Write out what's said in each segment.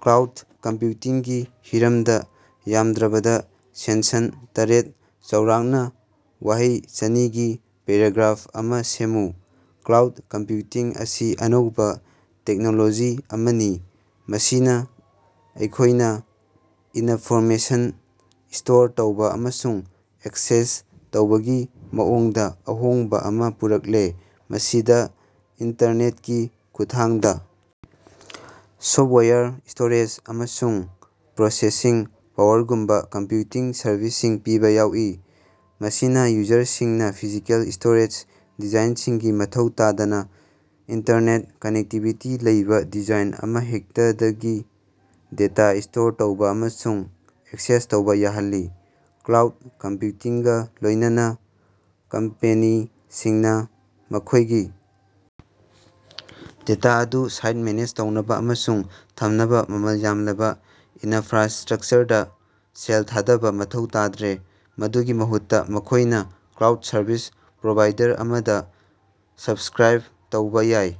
Cloud ꯀꯝꯄ꯭ꯌꯨꯇꯤꯡꯒꯤ ꯍꯤꯔꯝꯗ ꯌꯥꯝꯗ꯭ꯔꯕꯗ ꯁꯦꯟꯁꯟ ꯇꯔꯦꯠ ꯆꯥꯎꯔꯥꯛꯅ ꯋꯥꯍꯩ ꯆꯅꯤꯒꯤ ꯄꯦꯔꯥꯒ꯭ꯔꯥꯐ ꯑꯃ ꯁꯦꯝꯃꯨ꯫ ꯀ꯭ꯂꯥꯎꯗ ꯀꯝꯄ꯭ꯌꯨꯇꯤꯡ ꯑꯁꯤ ꯑꯅꯧꯕ ꯇꯦꯛꯅꯣꯂꯣꯖꯤ ꯑꯃꯅꯤ ꯃꯁꯤꯅ ꯑꯩꯈꯣꯏꯅ ꯏꯅꯐꯣꯔꯃꯦꯁꯟ ꯁ꯭ꯇꯣꯔ ꯇꯧꯕ ꯑꯃꯁꯨꯡ ꯑꯦꯛꯁꯦꯁ ꯇꯧꯕꯒꯤ ꯃꯑꯣꯡꯗ ꯑꯍꯣꯡꯕ ꯑꯃ ꯄꯨꯔꯛꯂꯦ꯫ ꯃꯁꯤꯗ ꯏꯟꯇꯔꯅꯦꯠꯀꯤ ꯈꯨꯠꯊꯥꯡꯗ ꯁꯣꯐꯇꯋꯥꯌꯔ, ꯁ꯭ꯇꯣꯔꯦꯖ, ꯑꯃꯁꯨꯡ ꯄ꯭ꯔꯣꯁꯦꯁꯤꯡ ꯄꯥꯋꯔꯒꯨꯝꯕ ꯀꯝꯄ꯭ꯌꯨꯇꯤꯡ ꯁꯔꯚꯤꯁꯁꯤꯡ ꯄꯤꯕ ꯌꯥꯎꯏ꯫ ꯃꯁꯤꯅ ꯌꯨꯖꯔꯁꯤꯡꯅ ꯐꯤꯖꯤꯀꯦꯜ ꯁ꯭ꯇꯣꯔꯦꯖ ꯗꯤꯚꯥꯏꯁꯁꯤꯡꯒꯤ ꯃꯊꯧ ꯇꯥꯗꯅ ꯏꯟꯇꯔꯅꯦꯠ ꯀꯅꯦꯛꯇꯤꯚꯤꯇꯤ ꯂꯩꯕ ꯗꯤꯚꯥꯏꯁ ꯑꯃꯍꯦꯛꯇꯗꯒꯤ ꯗꯦꯇꯥ ꯁ꯭ꯇꯣꯔ ꯇꯧꯕ ꯑꯃꯁꯨꯡ ꯑꯦꯛꯁꯦꯁ ꯇꯧꯕ ꯌꯥꯍꯜꯂꯤ꯫ ꯀ꯭ꯂꯥꯎꯗ ꯀꯝꯄ꯭ꯌꯨꯇꯤꯡꯒ ꯂꯣꯏꯅꯅ ꯀꯝꯄꯦꯅꯤꯁꯤꯡꯅ ꯃꯈꯣꯏꯒꯤ ꯗꯦꯇꯥ ꯑꯗꯨ ꯁꯥꯏꯠꯇ ꯃꯦꯅꯦꯖ ꯇꯧꯅꯕ ꯑꯃꯁꯨꯡ ꯊꯝꯅꯕ ꯃꯃꯜ ꯌꯥꯝꯂꯕ ꯏꯅꯐ꯭ꯔꯥꯁ꯭ꯇꯔꯛꯆꯔꯗ ꯁꯦꯜ ꯊꯥꯗꯕ ꯃꯊꯧ ꯇꯥꯗ꯭ꯔꯦ꯫ ꯃꯗꯨꯒꯤ ꯃꯍꯨꯠꯇ ꯃꯈꯣꯏꯅ ꯀ꯭ꯂꯥꯎꯗ ꯁꯔꯚꯤꯁ ꯄ꯭ꯔꯣꯚꯥꯏꯗꯔ ꯑꯃꯗ ꯁꯕꯁ꯭ꯀꯔꯥꯏꯕ ꯇꯧꯕ ꯌꯥꯏ꯫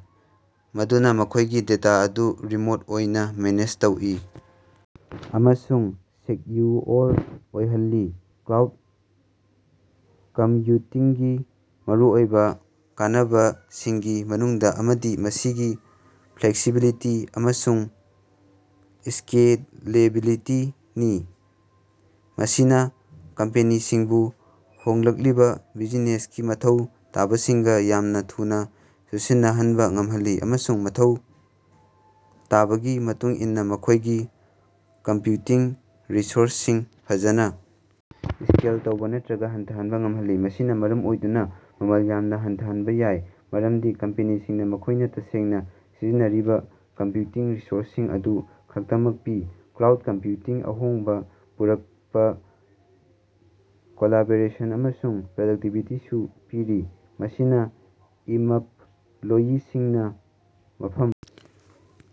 ꯃꯗꯨꯅ ꯃꯈꯣꯏꯒꯤ ꯗꯦꯇꯥ ꯑꯗꯨ ꯔꯤꯃꯣꯠ ꯑꯣꯏꯅ ꯃꯦꯅꯦꯖ ꯇꯧꯏ ꯫ ꯑꯃꯁꯨꯡ ꯁꯦꯛꯌꯨꯑꯣꯔ ꯑꯣꯏꯍꯜꯂꯤ꯫ ꯀ꯭ꯂꯥꯎꯗ ꯀꯝꯞꯌꯨꯇꯤꯡꯒꯤ ꯃꯔꯨꯑꯣꯏꯕ ꯀꯥꯟꯅꯕꯁꯤꯡꯒꯤ ꯃꯅꯨꯡꯗ ꯑꯃꯗꯤ ꯃꯁꯤꯒꯤ ꯐ꯭ꯂꯦꯛꯁꯤꯕꯤꯂꯤꯇꯤ ꯑꯃꯁꯨꯡ ꯁ꯭ꯀꯦꯂꯦꯕꯤꯂꯤꯇꯤꯅꯤ꯫ ꯃꯁꯤꯅ ꯀꯝꯄꯦꯅꯤꯁꯤꯡꯕꯨ ꯍꯣꯡꯂꯛꯂꯤꯕ ꯕꯤꯖꯤꯅꯦꯁꯀꯤ ꯃꯊꯧ ꯇꯥꯕꯁꯤꯡꯒ ꯌꯥꯝꯅ ꯊꯨꯅ ꯆꯨꯁꯤꯟꯅꯍꯟꯕ ꯉꯝꯍꯜꯂꯤ ꯫ ꯑꯃꯁꯨꯡ ꯃꯊꯧ ꯇꯥꯕꯒꯤ ꯃꯇꯨꯡ ꯏꯟꯅ ꯃꯈꯣꯏꯒꯤ ꯀꯝꯄ꯭ꯌꯨꯇꯤꯡ ꯔꯤꯁꯣꯔꯁꯁꯤꯡ ꯐꯖꯅ ꯁ꯭ꯀꯦꯜ ꯇꯧꯕ ꯅꯠꯇ꯭ꯔꯒ ꯍꯟꯊꯍꯟꯕ ꯉꯝꯍꯜꯂꯤ꯫ ꯃꯁꯤꯅ ꯃꯔꯝ ꯑꯣꯏꯗꯨꯅ ꯃꯃꯜ ꯌꯥꯝꯅ ꯍꯟꯊꯍꯟꯕ ꯌꯥꯏ ꯃꯔꯝꯗꯤ ꯀꯝꯄꯦꯅꯤꯁꯤꯡꯅ ꯃꯈꯣꯏꯅ ꯇꯁꯦꯡꯅ ꯁꯤꯖꯤꯟꯅꯔꯤꯕ ꯀꯝꯄ꯭ꯌꯨꯇꯤꯡ ꯔꯤꯁꯣꯔꯁꯁꯤꯡ ꯑꯗꯨ ꯈꯛꯇꯃꯛ ꯄꯤ꯫ ꯀ꯭ꯂꯥꯎꯗ ꯀꯝꯄ꯭ꯌꯨꯇꯤꯡꯅ ꯑꯍꯣꯡꯕ ꯄꯨꯔꯛꯄ ꯀꯣꯂꯥꯕꯣꯔꯦꯁꯟ ꯑꯃꯁꯨꯡ ꯄ꯭ꯔꯗꯛꯇꯤꯕꯤꯇꯤꯁꯨ ꯄꯤꯔꯤ꯫ ꯃꯁꯤꯅ ꯏꯃꯞꯂꯣꯌꯤꯁꯤꯡꯅ ꯃꯐꯝ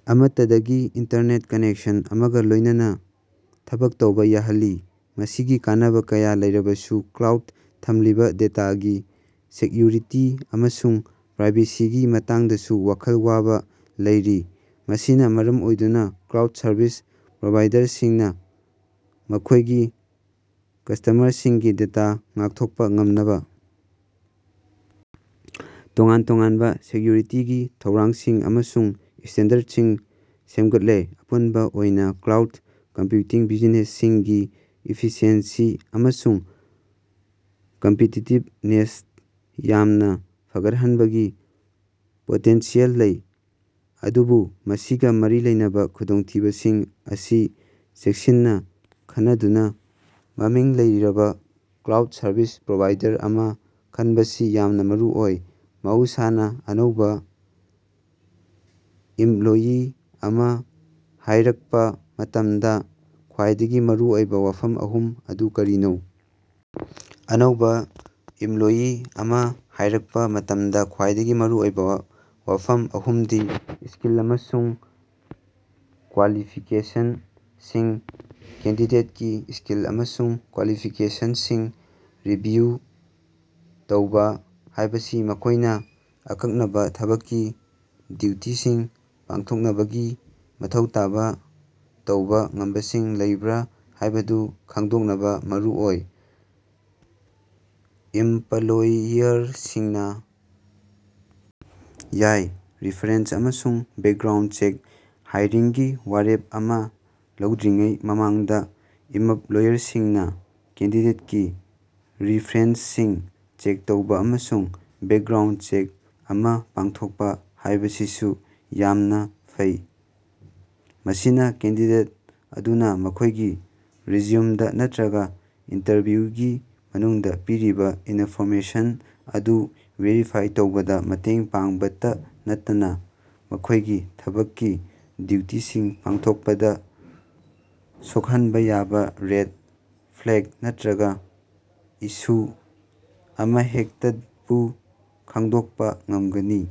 ꯑꯃꯠꯇꯗꯒꯤ ꯏꯟꯇꯔꯅꯦꯠ ꯀꯅꯦꯛꯁꯟ ꯑꯃꯒ ꯂꯣꯏꯅꯅ ꯊꯕꯛ ꯇꯧꯕ ꯌꯥꯍꯜꯂꯤ꯫ ꯃꯁꯤꯒꯤ ꯀꯥꯟꯅꯕ ꯀꯌꯥ ꯂꯩꯔꯕꯁꯨ ꯀ꯭ꯂꯥꯎꯗꯇ ꯊꯝꯂꯤꯕ ꯗꯦꯇꯥꯒꯤ ꯁꯦꯛꯌꯨꯔꯤꯇꯤ ꯑꯃꯁꯨꯡ ꯄ꯭ꯔꯥꯏꯕꯦꯁꯤꯒꯤ ꯃꯇꯥꯡꯗꯁꯨ ꯋꯥꯈꯜ ꯋꯥꯕ ꯂꯩꯔꯤ꯫ ꯃꯁꯤꯅ ꯃꯔꯝ ꯑꯣꯏꯗꯨꯅ ꯀ꯭ꯂꯥꯎꯗ ꯁꯔꯕꯤꯁ ꯄ꯭ꯔꯣꯚꯥꯏꯗꯔꯁꯤꯡꯅ ꯃꯈꯣꯏꯒꯤ ꯀꯁ꯭ꯇꯃꯔꯁꯤꯡꯒꯤ ꯗꯦꯇꯥ ꯉꯥꯛꯊꯣꯛꯄ ꯉꯝꯅꯕ ꯇꯣꯉꯥꯟ ꯇꯣꯉꯥꯟꯕ ꯁꯦꯛꯌꯨꯔꯤꯇꯤꯒꯤ ꯊꯧꯔꯥꯡꯁꯤꯡ ꯑꯃꯁꯨꯡ ꯁ꯭ꯇꯦꯟꯗꯔꯗꯁꯤꯡ ꯁꯦꯝꯒꯠꯂꯦ꯫ ꯑꯄꯨꯟꯕ ꯑꯣꯏꯅ ꯀ꯭ꯂꯥꯎꯗ ꯀꯝꯄ꯭ꯌꯨꯇꯤꯡꯅ ꯕꯤꯖꯤꯅꯦꯁꯁꯤꯡꯒꯤ ꯏꯐꯤꯁꯤꯑꯦꯟꯁꯤ ꯑꯃꯁꯨꯡ ꯀꯝꯄꯤꯇꯤꯇꯤꯞꯅꯦꯁꯇ ꯌꯥꯝꯅ ꯐꯒꯠꯍꯟꯕꯒꯤ ꯄꯣꯇꯦꯟꯁꯤꯌꯦꯜ ꯂꯩ꯫ ꯑꯗꯨꯕꯨ ꯃꯁꯤꯒ ꯃꯔꯤ ꯂꯩꯅꯕ ꯈꯨꯗꯣꯡꯊꯤꯕꯁꯤꯡ ꯑꯁꯤ ꯆꯦꯛꯁꯤꯟꯅ ꯈꯟꯅꯗꯨꯅ ꯃꯃꯤꯡ ꯂꯩꯔꯕ ꯀ꯭ꯂꯥꯎꯗ ꯁꯔꯕꯤꯁ ꯄ꯭ꯔꯣꯚꯥꯏꯗꯔ ꯑꯃ ꯈꯟꯕꯁꯤ ꯌꯥꯝꯅ ꯃꯔꯨꯑꯣꯏ꯫ ꯃꯍꯧꯁꯥꯅ ꯑꯅꯧꯕ ꯏꯝꯞꯂꯣꯌꯤ ꯑꯃ ꯍꯥꯏꯔꯛꯄ ꯃꯇꯝꯗ ꯈ꯭ꯋꯥꯏꯗꯒꯤ ꯃꯔꯨꯑꯣꯏꯕ ꯋꯥꯐꯝ ꯑꯍꯨꯝ ꯑꯗꯨ ꯀꯔꯤꯅꯣ? ꯑꯅꯧꯕ ꯏꯃꯞꯂꯣꯌꯤ ꯑꯃ ꯍꯥꯏꯔꯛꯄ ꯃꯇꯝꯗ ꯈ꯭ꯋꯥꯏꯗꯒꯤ ꯃꯔꯨꯑꯣꯏꯕ ꯋꯥꯐꯝ ꯑꯍꯨꯝꯗꯤ: ꯁ꯭ꯀꯤꯜ ꯑꯃꯁꯨꯡ ꯀ꯭ꯋꯥꯂꯤꯐꯤꯀꯦꯁꯟꯁꯤꯡ: ꯀꯦꯟꯗꯤꯗꯦꯠꯀꯤ ꯁ꯭ꯀꯤꯜ ꯑꯃꯁꯨꯡ ꯀ꯭ꯋꯥꯂꯤꯐꯤꯀꯦꯁꯟꯁꯤꯡ ꯔꯤꯚꯤꯌꯨ ꯇꯧꯕ ꯍꯥꯏꯕꯁꯤ ꯃꯈꯣꯏꯅ ꯑꯀꯛꯅꯕ ꯊꯕꯛꯀꯤ ꯗ꯭ꯌꯨꯇꯤꯁꯤꯡ ꯄꯥꯡꯊꯣꯛꯅꯕꯒꯤ ꯃꯊꯧ ꯇꯥꯕ ꯇꯧꯕ ꯉꯝꯕꯁꯤꯡ ꯂꯩꯕ꯭ꯔ ꯍꯥꯏꯕꯗꯨ ꯈꯪꯗꯣꯛꯅꯕ ꯃꯔꯨꯑꯣꯏ꯫ ꯏꯝꯄꯂꯣꯌꯔꯁꯤꯡꯅ ꯌꯥꯏ꯫ ꯔꯦꯐꯥꯔꯦꯟꯁ ꯑꯃꯁꯨꯡ ꯕꯦꯀꯒ꯭ꯔꯥꯎꯟꯗ ꯆꯦꯛ: ꯍꯥꯏꯔꯤꯡꯒꯤ ꯋꯥꯔꯦꯞ ꯑꯃ ꯂꯧꯗ꯭ꯔꯤꯉꯩ ꯃꯃꯥꯡꯗ, ꯏꯃꯞꯂꯣꯌꯔꯁꯤꯡꯅ ꯀꯦꯟꯗꯤꯗꯦꯠꯀꯤ ꯔꯤꯐꯔꯦꯟꯁꯁꯤꯡ ꯆꯦꯛ ꯇꯧꯕ ꯑꯃꯁꯨꯡ ꯕꯦꯀꯒ꯭ꯔꯥꯎꯟꯗ ꯆꯦꯛ ꯑꯃ ꯄꯥꯡꯊꯣꯛꯄ ꯍꯥꯏꯕꯁꯤꯁꯨ ꯌꯥꯝꯅ ꯐꯩ꯫ ꯃꯁꯤꯅ ꯀꯦꯟꯗꯤꯗꯦꯠ ꯑꯗꯨꯅ ꯃꯈꯣꯏꯒꯤ ꯔꯤꯖ꯭ꯌꯨꯝꯗ ꯅꯠꯇ꯭ꯔꯒ ꯏꯟꯇꯔꯚ꯭ꯌꯨꯒꯤ ꯃꯅꯨꯡꯗ ꯄꯤꯔꯤꯕ ꯏꯅꯐꯣꯔꯃꯦꯁꯟ ꯑꯗꯨ ꯚꯦꯔꯤꯐꯥꯏ ꯇꯧꯕꯗ ꯃꯇꯦꯡ ꯄꯥꯡꯕꯇ ꯅꯠꯇꯅ ꯃꯈꯣꯢꯒꯤ ꯊꯕꯛꯀꯤ ꯗ꯭ꯌꯨꯇꯤꯁꯤꯡ ꯄꯥꯡꯊꯣꯛꯄꯗ ꯁꯣꯛꯍꯟꯕ ꯌꯥꯕ ꯔꯦꯗ ꯐ꯭ꯂꯦꯒ ꯅꯠꯇ꯭ꯔꯒ ꯏꯁꯨ ꯑꯃꯍꯦꯛꯇꯕꯨ ꯈꯪꯗꯣꯛꯄ ꯉꯝꯒꯅꯤ꯫।